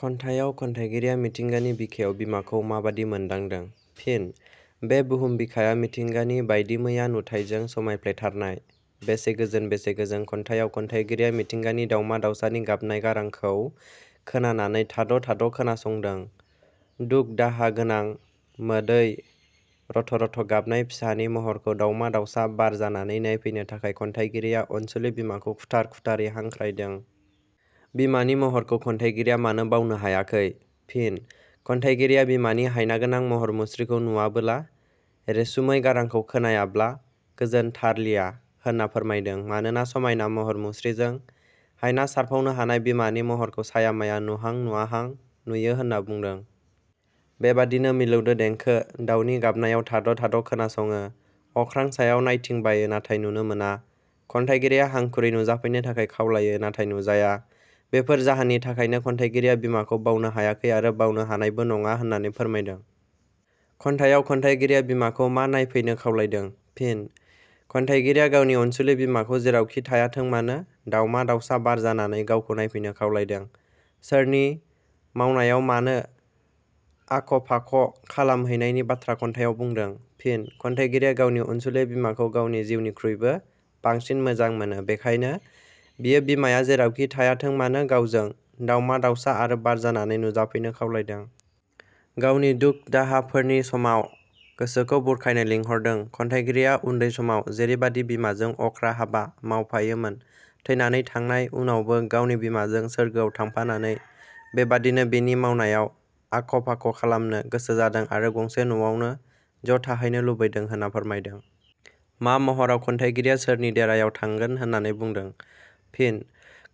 खन्थाइयाव खन्थाइगिरिया मिथिंगानि बिखायाव बिमाखौ माबादि मोन्दांदों? फिन: बे बहुम बिखाया मिथिंगानि बायदिमैया नुथायजों समायफ्लेथारनाय। बेसे गोजोन बेसे गोजों खन्थाइयाव खन्थाइगिरिया मिथिंगानि दावमा दावसानि गाबनाय गारांखौ खोनानानै थाद' थाद' खोनासंदों दुख-दाहा गोनां मोदै रथ रथ' गाबनाय फिसानि महरखौ दावमा दावसा बार जानानै नायफैनो थाखाय खन्थाइगिरिया अनसुलि बिमाखौ खुथार खुथारै हांख्राइदों। बिमानि महरखौ खन्थाइगिरिया मानो बावनो हायाखै? फिनः खन्थाइगिरिया बिमानि हायनागोनां महर मुस्रिखौ नुवाबोला, रेसुमै गारांखौ खोनायाब्ला गोजोन थारलिया होनना फोरमायदों। मानोना समायना महर मुस्रिजों हायना सारफावनो हानाय बिमानि महरखौ साया माया नुहां-नुवाहां नुयो होनना बुंदों। बेबादिनो मिलौदो देंखो, दावनि गाबनायाव थाद' थाद' खोनासङो, अख्रां सायाव नायथिं बायो नाथाय नुनो मोना। खन्थाइगिरिया हांखुरै नुजाफैनो थाखाय खावलायो नाथाय नुजाया। बेफोर जाहोननि थाखायनो खन्थाइगिरिया बिमाखौ बावनो हायाखै आरो बावनो हानायबो नङा होननानै फोरमायदों। खन्थाइयाव खन्थाइगिरिया बिमाखौ मा नायफैनो खावलायदों? फिनः खन्थाइगिरिया गावनि अनसुलि बिमाखौ जेरावखि थायाथों मानो दावमा दावसा बार जानानै गावखौ नायफैनो खावलायदों। सोरनि मावनायाव मानो आख फाख खालाम हैनायनि बाथ्रा खन्थायाव बुंदों? फिनः खन्थाइगिरिया गावनि अनसुलि बिमाखौ गावनि जिउनिखुइबो बांसिन मोजां मोनो बेखायनो बियो बिमाया जेरावखि थायाथोंमानो गावजों दावमा दावसा आरो बार जानानै नुजाफैनो खावलायदों। गावनि दुख-दाहा फोरनि समाव गोसोखौ बुरखायनो लिंहरदों। खन्थाइगिरिया उन्दै समाव जैरेबादि बिमाजों अख्रा हाबा मावफायोमोन थैनानै थांनाय उनावबो गावनि बिमाजों सोरगोआव थांफानानै बेबादिनो बिनि मावनायाव आख फाख खालामनो गोसो जादों आरो गंसे नवावनो ज' थाहैनो लुबैदों होनना फोरमायदों। मा महराव खन्थाइगिरिया सोरनि देरायाव थांगोन होननानै बुंदों? फिनः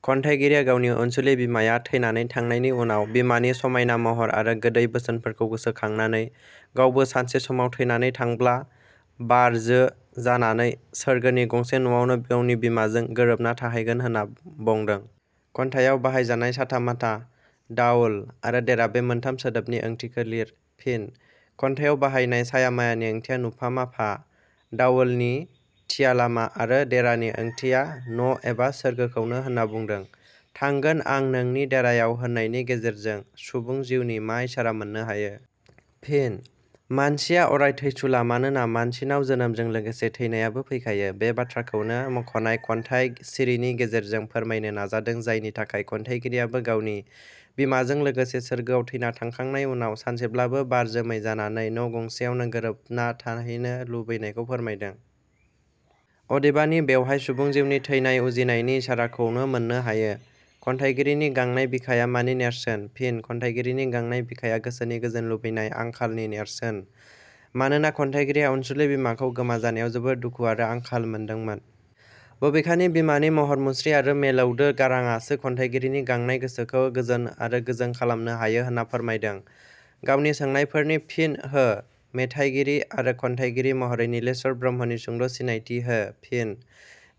खन्थाइगिरिया गावनि अनसुलि बिमाया थैनानै थांनायनि उनाव बिमानि समायना महर आरो गोदै बोसोनफोरखौ गोसोखांनानै गावबो सानसे समाव थैनानै थांबला बार जो जानानै सोरगोनि गंसे न'आवनो गावनि बिमाजों गोरोबना थाहैगोन होनना बंदों। खन्थाइयाव बाहाय जानाय, 'साथा-माथा', 'दावल', आरो 'देरा' बे मोनथाम सोदोबनि ओंथिखो लिर। फिन: खन्थाइयाव बाहायनाय साया मायानि ओंथिया नुफा- माफा, दावलनि थिया-लामा आरो देरानि ओंथिया न' एबा सोरगोखौनो होनना बुंदों। 'थांगोन आं नोंनि देरायाव होननायनि गेजेरजों सुबुं जिवनि मा इसारा मोननो हायो? फिन: मानसिया अराय थैसुला मानोना मानसिनाव जोनोमजों लोगोसे थैनायाबो फैखायो। बे बाथ्राखौनो मखनाय खन्थाइ सिरिनि गेजेरजों फोरमायनो नाजादों जायनि थाखाय खन्थाइगिरियाबो गावनि बिमाजों लोगोसे सोरगोआव थैना थांखांनाय उनाव सानसेब्लाबो बार जोमै जानानै न' गंसेयावनो गोरोबनाथाहैनो लुबैनायखौ फोरमायदों। अदेबानि बेवहाय सुबुं जिउनि थैनाय उजिनायनि इसाराखौनो मोननो हायो। खन्थाइगिरिनि गांनाय बिखाया मानि नेरसोन? फिन: खन्थाइगिरिनि 'गांनाय बिखाया' गोसोनि गोजोन लुबैनाय आंखालनि नेरसोन। मानोना खन्थाइगिरिया अनसुलि बिमाखौ गोमाजानायाव जोबोर दुखु आरो आंखाल मोनदोंमोन। बबेखानि बिमानि महर मुस्रि आरो मेलौदो गाराङासो खन्थाइगिरिनि गांनाय गोसोखो गोजोन आरो गोजों खालामनो हायो होनना फोरमायदों। गावनि सोंनायफोरनि फिन हो मेथाइगिरि आरो खन्थाइगिरि महरै नीलेश्वर ब्रह्मनि सुंद' सिनायथि हो। फिन: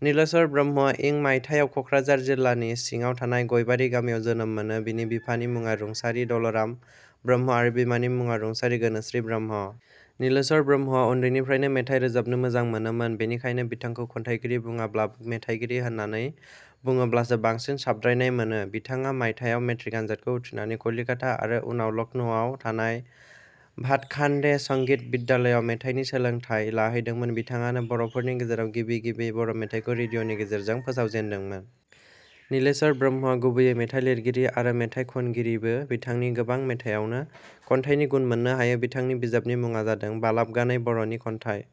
नीलेश्वर ब्रह्मवा इं मायथायाव कक्राझार जिलानि सिङाव थानाय गयबारि गामियाव जोनोम मोनो बिनि बिफानि मुङा रुंसारि दल 'राम ब्रह्म आरो बिमानि मुङा रुंसारि गोनोसि ब्रह्म। नीलेश्वर ब्रह्मवा उन्दैनिफ्रायनो मेथाइ रोजाबनो मोजां मोनोमोन बेनिखायनो बिथांखौ खन्थाइगिरि बुङाब्लाबो मेथाइगिरि होननानै बुङोब्लासो बांसिन साबद्रायनाय मोनो। बिथाङा मायथायाव मेट्रिक आनजादखौ उथ्रिनानै कलिकाता आरो उनाव लक्ष्नौवाव थानाय भाटखाण्डे संगीत बिद्यालयाव मेथाइनि सोलोंथाइ लाहैदोंमोन बिथाङानो बर फोरनि गेजेराव गिबि गिबियै बर' मेथाइखौ रेडिअनि गेजेरजों फोसावजेनदोंमोन। नीलेश्वर ब्रह्मवा गुबैयै मेथाइ लिरगिरि आरो मेथाइ खनगिरिबो बिथांनि गोबां मेथायावनो खन्थाइनि गुन मोननो हायो। बिथांनि बिजाबनि मुङा जादों 'बालाबगानै बर 'नि खन्थाइ।